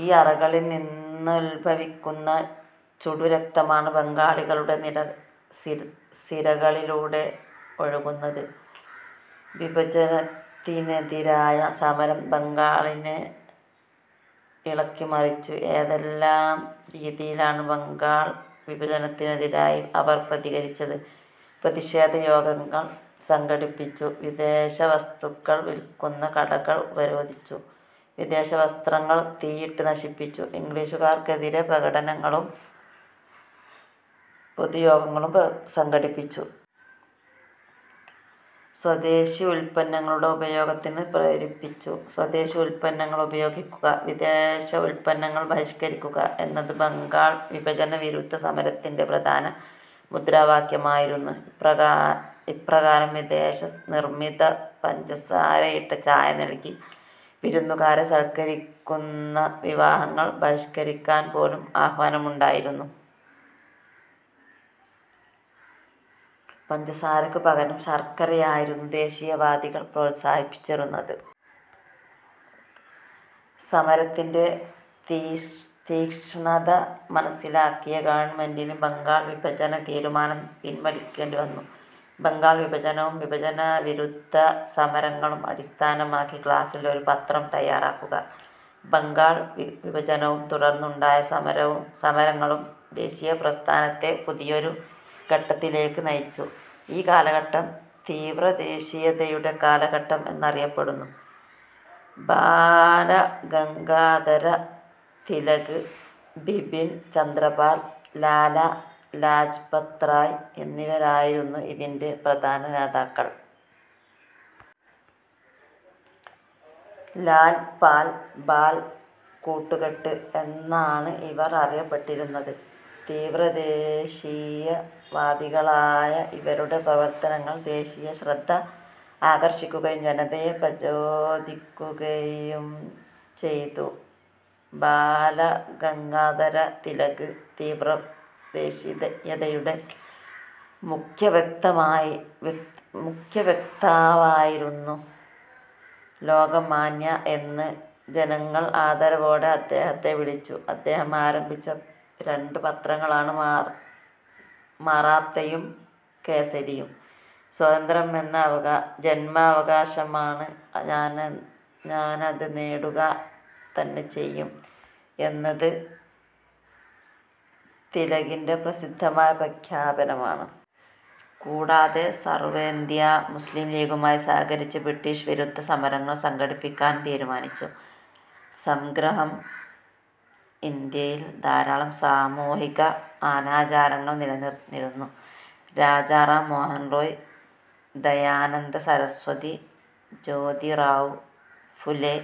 ഈ അറകളിൽ നിന്നുത്ഭവിക്കുന്ന ചുടുരക്തമാണ് ബംഗാളികളുടെ സിരകളിലൂടെ ഒഴുകുന്നത്. വിഭജനത്തിനെതിരായ സമരം ബംഗാളിനെ ഇളക്കിമറിച്ചു. ഏതെല്ലാം രീതിയിലാണ് ബംഗാൾ വിഭജനത്തിനെതിരായി അവർ പ്രതികരിച്ചത്? പ്രതിഷേധ യോഗങ്ങൾ സംഘടിപ്പിച്ചു. വിദേശ വസ്തുക്കൾ വിൽക്കുന്ന കടകൾ ഉപരോധിച്ചു. വിദേശ വസ്ത്രങ്ങൾ തീയിട്ട് നശിപ്പിച്ചു. ഇംഗ്ലീഷുകാർക്കെതിരെ പ്രകടനങ്ങളും പൊതുയോഗങ്ങളും സംഘടിപ്പിച്ചു. സ്വദേശി ഉൽപന്നങ്ങളുടെ ഉപയോഗത്തിന് പ്രേരിപ്പിച്ചു. സ്വദേശി ഉൽപ്പന്നങ്ങൾ ഉപയോഗിക്കുക, വിദേശ ഉൽപ്പന്നങ്ങൾ ബഹിഷ്കരിക്കുക എന്നത് ബംഗാൾ വിഭജന വിരുദ്ധ സമരത്തിന്റെ പ്രധാന മുദ്രാവാക്യമായിരുന്നു. ഇപ്രകാരം വിദേശ നിർമ്മിത പഞ്ചസാരയിട്ട ചായ നൽകി വിരുന്നുകാരെ സൽക്കരിക്കുന്ന വിവാഹങ്ങൾ ബഹിഷ്കരിക്കാൻപോലും ആഹ്വാനമുണ്ടായിരുന്നു. പഞ്ചസാരയ്ക്ക് പകരം ശർക്കരയായിരുന്നു ദേശീയവാദികൾ പ്രോത്സാഹിപ്പിച്ചിരുന്നത്. സമരത്തിന്റെ തീക്ഷ്ണത മനസിലാക്കിയ ഗവൺമെന്റിന് ബംഗാൾ വിഭജന തീരുമാനം പിൻവലിക്കേണ്ടിവന്നു. ബംഗാൾ വിഭജനവും വിഭജനവിരുദ്ധ സമരങ്ങളും അടിസ്ഥാനമാക്കി ക്ലാസിൽ ഒരു പത്രം തയ്യാറാക്കുക. ബംഗാൾ വിഭജനവും തുടർന്നുണ്ടായ സമരങ്ങളും ദേശീയപ്രസ്ഥാനത്തെ പുതിയൊരു ഘട്ടത്തിലേക്ക് നയിച്ചു. ഈ കാലഘട്ടം തീവ്രദേശീയതയുടെ കാലഘട്ടം എന്നറിയപ്പെടുന്നു. ബാലഗംഗാധര തിലക്, ബിപിൻ ചന്ദ്രപാൽ, ലാലാ ലജ്പത്റായ് എന്നിവരായിരുന്നു ഇതിന്റെ പ്രധാന നേതാക്കൾ. ""ലാൽ, പാൽ, ബാൽ കൂട്ടുകെട്ട്' എന്നാണ് ഇവർ അറിയപ്പെട്ടിരുന്നത്. തീവ്രദേശീയ വാദികളായ ഇവരുടെ പ്രവർത്തനങ്ങൾ ദേശീയശ്രദ്ധ ആകർഷിക്കുകയും ജനതയെ പ്രചോദിപ്പിക്കുകയും ചെയ്തു. ബാലഗംഗാധരതിലക് തീവ്രദേശീയതയുടെ മുഖ്യവക്താവായിരുന്നു. ""ലോകമാന്യ' എന്ന് ജനങ്ങൾ ആദരവോടെ അദ്ദേഹത്തെ വിളിച്ചു. അദ്ദേഹം ആരംഭിച്ച രണ്ട് പത്രങ്ങളാണ് മറാത്തയും കേസരിയും. "സ്വാതന്ത്ര്യം എന്റെ ജന്മാവകാശമാണ്, ഞാനത് നേടുക തന്നെ ചെയ്യും" എന്നത് തിലകിന്റെ പ്രസിദ്ധമായ പ്രഖ്യാപനമാണ്. കൂടാതെ, സർവ്വേന്ത്യാ മുസ്ലീംലീഗുമായി സഹകരിച്ച് ബ്രിട്ടീഷ് വിരുദ്ധ സമരങ്ങൾ സംഘടിപ്പിക്കാനും തീരുമാനിച്ചു. സംഗ്രഹം- ഇന്ത്യയിൽ ധാരാളം സാമൂഹിക അനാചാരങ്ങൾ നിലനിന്നിരുന്നു. രാജാ റാംമോഹൻ റോയ്, ദയാനന്ദ സരസ്വതി, ജോതിറാവു ഫുലെ,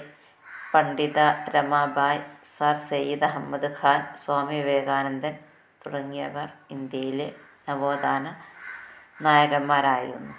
പണ്ഡിത രമാബായ്, സർ സയ്യിദ് അഹമ്മദ് ഖാൻ, സ്വാമി വിവേകാനന്ദൻ തുടങ്ങിയവർ ഇന്ത്യയിലെ നവോത്ഥാന നായകന്മാരായിരുന്നു.